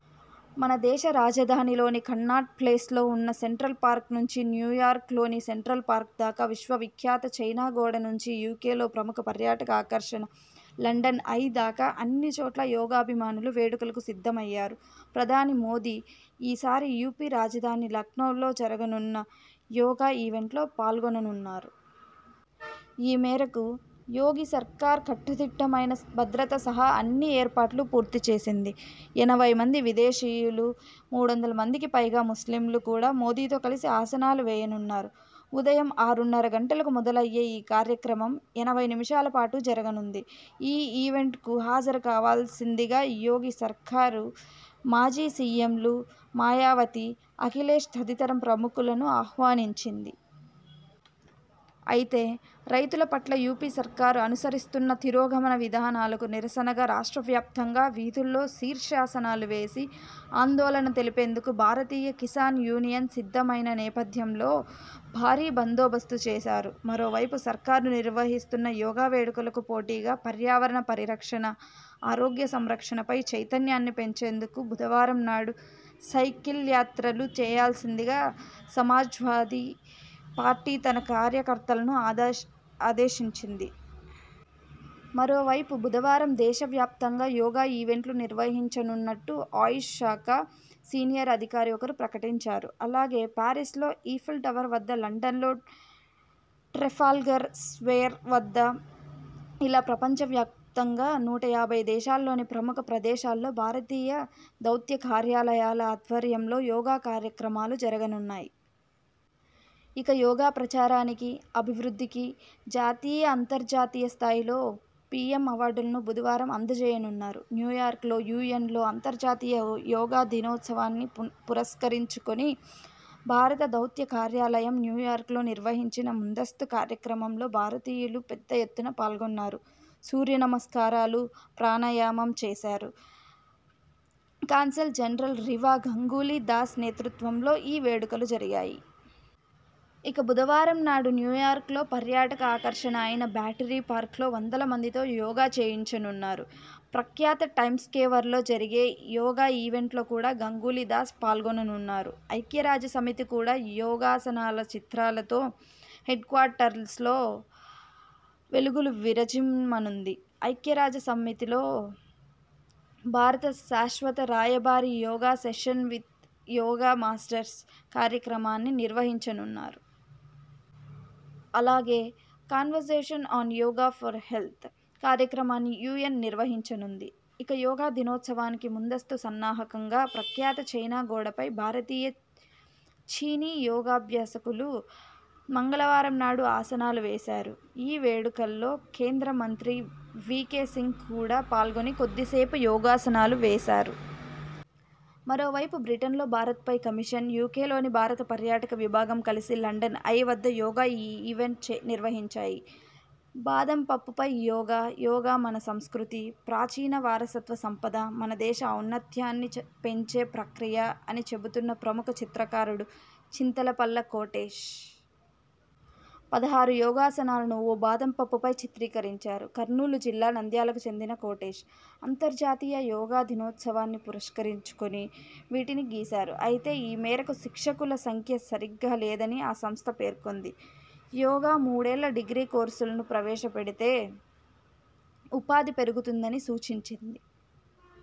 మన దేశ రాజధానిలోని కన్నాట్ప్లేస్లో ఉన్న సెంట్రల్ పార్క్ నుంచి న్యూయార్క్లోని సెంట్రల్ పార్క్దాకా.. విశ్వవిఖ్యాత చైనా గోడ నుంచి యూకేలో ప్రముఖ పర్యాటక ఆకర్షణ 'లండన్ ఐ' దాకా అన్ని చోట్ల యోగాభిమానులు వేడుకలకు సిద్ధమయ్యారు. ప్రధాని మోదీ ఈసారి యూపీ రాజధాని లఖ్నవ్లో జరగనున్న యోగా ఈవెంట్లో పాల్గొననున్నారు. ఈ మేరకు యోగి సర్కారు కట్టుదిట్టమైన భద్రత సహా అన్ని ఏర్పాట్లూ పూర్తిచేసింది. ఎనబై మంది విదేశీయులు, మూడువందల మందికిపైగా ముస్లింలు కూడా మోదీతో కలిసి ఆసనాలు వేయనున్నారు. ఉదయం ఆరున్నర గంటలకు మొదలయ్యే ఈ కార్యక్రమం ఎనబై నిమిషాలపాటు జరగనుంది. ఈ ఈవెంట్కు హాజరు కావాల్సిందిగా యోగి సర్కారు మాజీ సీఎంలు మాయావతి, అఖిలేశ్ తదితర ప్రముఖులను ఆహ్వానించింది. అయితే.. రైతుల పట్ల యూపీ సర్కారు అనుసరిస్తున్న తిరోగమన విధానాలకు నిరసనగా రాష్ట్రవ్యాప్తంగా వీధుల్లో శీర్షాసనాలు వేసి ఆందోళన తెలిపేందుకు భారతీయ కిసాన్ యూనియన్ సిద్ధమైన నేపథ్యంలో భారీ బందోబస్తు చేశారు. మరోవైపు.. సర్కారు నిర్వహిస్తున్న యోగా వేడుకలకు పోటీగా పర్యావరణ పరిరక్షణ, ఆరోగ్య సంరక్షణపై చైతన్యాన్ని పెంచేందుకు బుధవారంనాడు సైకిల్యాత్రలు చేయాల్సిందిగా సమాజ్వాదీ పార్టీ తన కార్యకర్తలను ఆదేేశ ఆదేశించింది. మరోవైపు.. బుధవారం దేశవ్యాప్తంగా యోగా ఈవెంట్లు నిర్వహించనున్నట్టు ఆయుష్ శాఖ సీనియర్ అధికారి ఒకరు ప్రకటించారు. అలాగే.. పారి్సలో ఈఫిల్ టవర్ వద్ద, లండన్లో ట్రెఫాల్గర్ స్క్వేర్ వద్ద.. ఇలా ప్రపంచవ్యాప్తంగా నూటయాబై దేశాల్లోని ప్రముఖ ప్రదేశాల్లో భారతీయ దౌత్యకార్యాలయాల ఆధ్వర్యంలో యోగా కార్యక్రమాలు జరగనున్నాయి. ఇక.. యోగా ప్రచారానికి, అభివృద్ధికి జాతీయ, అంతర్జాతీయ స్థాయిలో పీఎం అవార్డులను బుధవారం అందజేయనున్నారు. న్యూయార్క్లో.. యూఎన్లో.. అంతర్జాతీయ యోగా దినోత్సవాన్ని పురస్కరించుకుని భారత దౌత్య కార్యాలయం న్యూయార్క్లో నిర్వహించిన ముందస్తు కార్యక్రమంలో భారతీయులు పెద్ద ఎత్తున పాల్గొన్నారు. సూర్యనమస్కారాలు, ప్రాణాయామం చేశారు. కాన్సల్ జనరల్ రివా గంగూలీ దాస్ నేతృత్వంలో ఈ వేడుకలు జరిగాయి. ఇక బుధవారంనాడు న్యూయార్క్లో పర్యాటక ఆకర్షణ అయిన బ్యాటరీ పార్క్లో వందలమందితో యోగా చేయించనున్నారు. ప్రఖ్యాత టైమ్స్స్క్వేర్లో జరిగే యోగా ఈవెంట్లో కూడా గంగూలీ దాస్ పాల్గొననున్నారు. ఐక్యరాజ్యసమితి కూడా యోగాసనాల చిత్రాలతో హెడ్క్వార్టర్స్లో వెలుగులు విరజిమ్మనుంది. ఐక్యరాజ్యసమ్మితిలో భారత శాశ్వత రాయబారి 'yoga session with yoga masters' కార్యక్రమాన్ని నిర్వహించనున్నారు. అలాగే.. 'conversation on yoga for health' కార్యక్రమాన్ని యూఎన్ నిర్వహించనుంది. ఇక.. యోగా దినోత్సవానికి ముందస్తు సన్నాహకంగా ప్రఖ్యాత చైనా గోడపై భారతీయ, చీనీ యోగాభ్యాసకులు మంగళవారంనాడు ఆసనాలు వేశారు. ఈ వేడుకల్లో.. కేంద్ర మంత్రి వీకే సింగ్ కూడా పాల్గొని కొద్దిసేపు యోగాసనాలు వేశారు. మరోవైపు.. బ్రిటన్లో భారత్ హై కమిషన్, యూకేలోని భారత పర్యాటక విభాగం కలిసి లండన్ ఐ వద్ద యోగా ఈవెంట్ను నిర్వహించాయి. బాదం పప్పుపై యోగా! యోగా మన సంస్కృతి. ప్రాచీన వారసత్వ సంపద. మన దేశ ఔన్నత్యాన్ని పెంచే ప్రక్రియ అని చెబుతున్న ప్రముఖ చిత్రకారుడు చింతలపల్ల కోటేశ్.. పదహరు యోగాసనాలను ఓ బాదం పప్పుపై చిత్రీకరించారు. కర్నూలు జిల్లా నంద్యాలకు చెందిన కోటేశ్.. అంతర్జాతీయ యోగా దినోత్సవాన్ని పురస్కరించుకుని వీటిని గీశారు. అయితే ఈ మేరకు శిక్షకుల సంఖ్య సరిగ్గా లేదని ఆ సంస్థ పేర్కొంది. యోగా మూడేళ్ల డిగ్రీ కోర్సులను ప్రవేశపెడితే ఉపాధి పెరుగుతుందని సూచించింది.